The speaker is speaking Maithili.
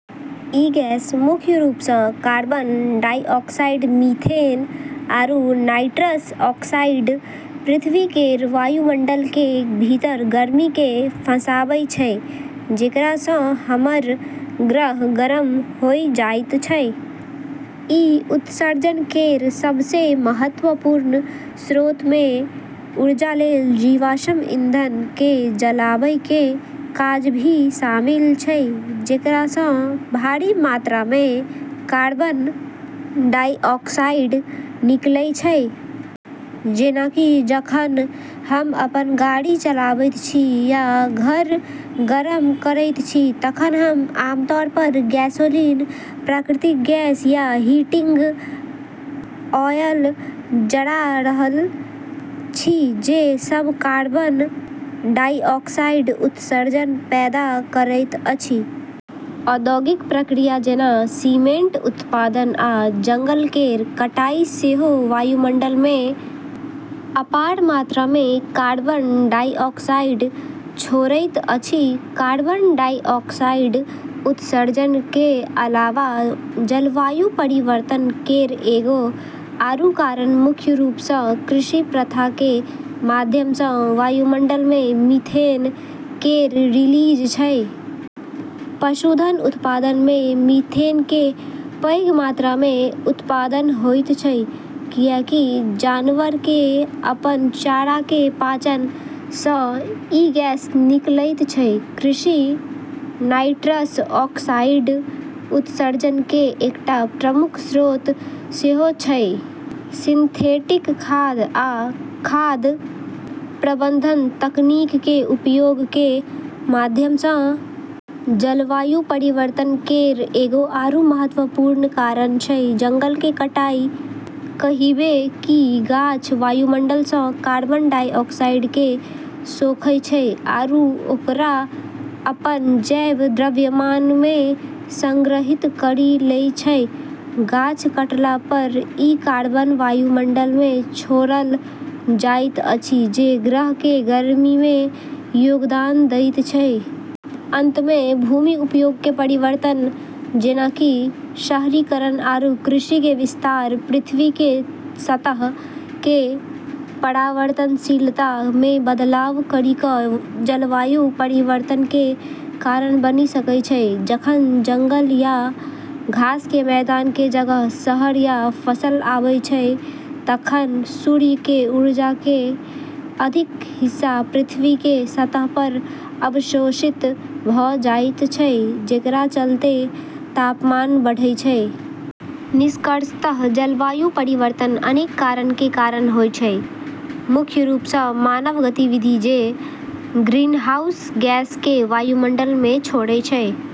ई गैस, मुख्य रूप सँ कार्बन डाइऑक्साइड, मीथेन आरू नाइट्रस ऑक्साइड, पृथ्वी केर वायुमंडल के भीतर गर्मी केँ फँसाबै छै, जेकरा सँ हमर ग्रह गरम होय जाइत छै। ई उत्सर्जन केर सबसें महत्वपूर्ण स्रोत मे ऊर्जा लेल जीवाश्म ईंधन केँ जलाबै के काज भी शामिल छै, जेकरा सँ भारी मात्रा मे कार्बन डाइऑक्साइड निकलै छै। जेना कि जखन हम अपन गाड़ी चलाबैत छी या घर गरम करैत छी तखन हम आमतौर पर गैसोलीन, प्राकृतिक गैस या हीटिंग ऑयल जरा रहल छी, जे सब कार्बन डाइऑक्साइड उत्सर्जन पैदा करैत अछि। औद्योगिक प्रक्रिया जेना सीमेंट उत्पादन आ जंगल केर कटाई सेहो वायुमंडल मे अपार मात्रा मे कार्बन डाइऑक्साइड छोड़ैत अछि। कार्बन डाइऑक्साइड उत्सर्जन के अलावा जलवायु परिवर्तन केर एगो आरू कारण मुख्य रूप सँ कृषि प्रथा के माध्यम सँ वायुमंडल मे मीथेन केर रिलीज छै। पशुधन उत्पादन मे मीथेन के पैघ मात्रा मे उत्पादन होइत छै, कियाकि जानवर के अपन चारा के पाचन सँ ई गैस निकलैत छै। कृषि नाइट्रस ऑक्साइड उत्सर्जन के एकटा प्रमुख स्रोत सेहो छै, सिंथेटिक खाद आ खाद प्रबंधन तकनीक के उपयोग के माध्यम सँ। जलवायु परिवर्तन केर एगो आरू महत्वपूर्ण कारण छै जंगल के कटाई, कहिबे कि गाछ वायुमंडल सँ कार्बन डाइऑक्साइड केँ सोखै छै आरू ओकरा अपन जैव द्रव्यमान मे संग्रहित करी लै छै। गाछ काटला पर ई कार्बन वायुमंडल मे छोड़ल जाइत अछि, जे ग्रह के गर्मी मे योगदान दैत छै। अंत मे, भूमि उपयोग मे परिवर्तन, जेना कि शहरीकरण आरू कृषि के विस्तार, पृथ्वी के सतह के परावर्तनशीलता मे बदलाव करी कऽ जलवायु परिवर्तन के कारण बनी सकै छै। जखन जंगल या घास के मैदान के जगह शहर या फसल आबै छै तखन सूर्य के ऊर्जा के अधिक हिस्सा पृथ्वी के सतह पर अवशोषित भऽ जाइत छै, जेकरा चलते तापमान बढ़ै छै। निष्कर्षतः जलवायु परिवर्तन अनेक कारक के कारण होय छै, मुख्य रूप सँ मानव गतिविधि जे ग्रीनहाउस गैस केँ वायुमंडल मे छोड़ै छै।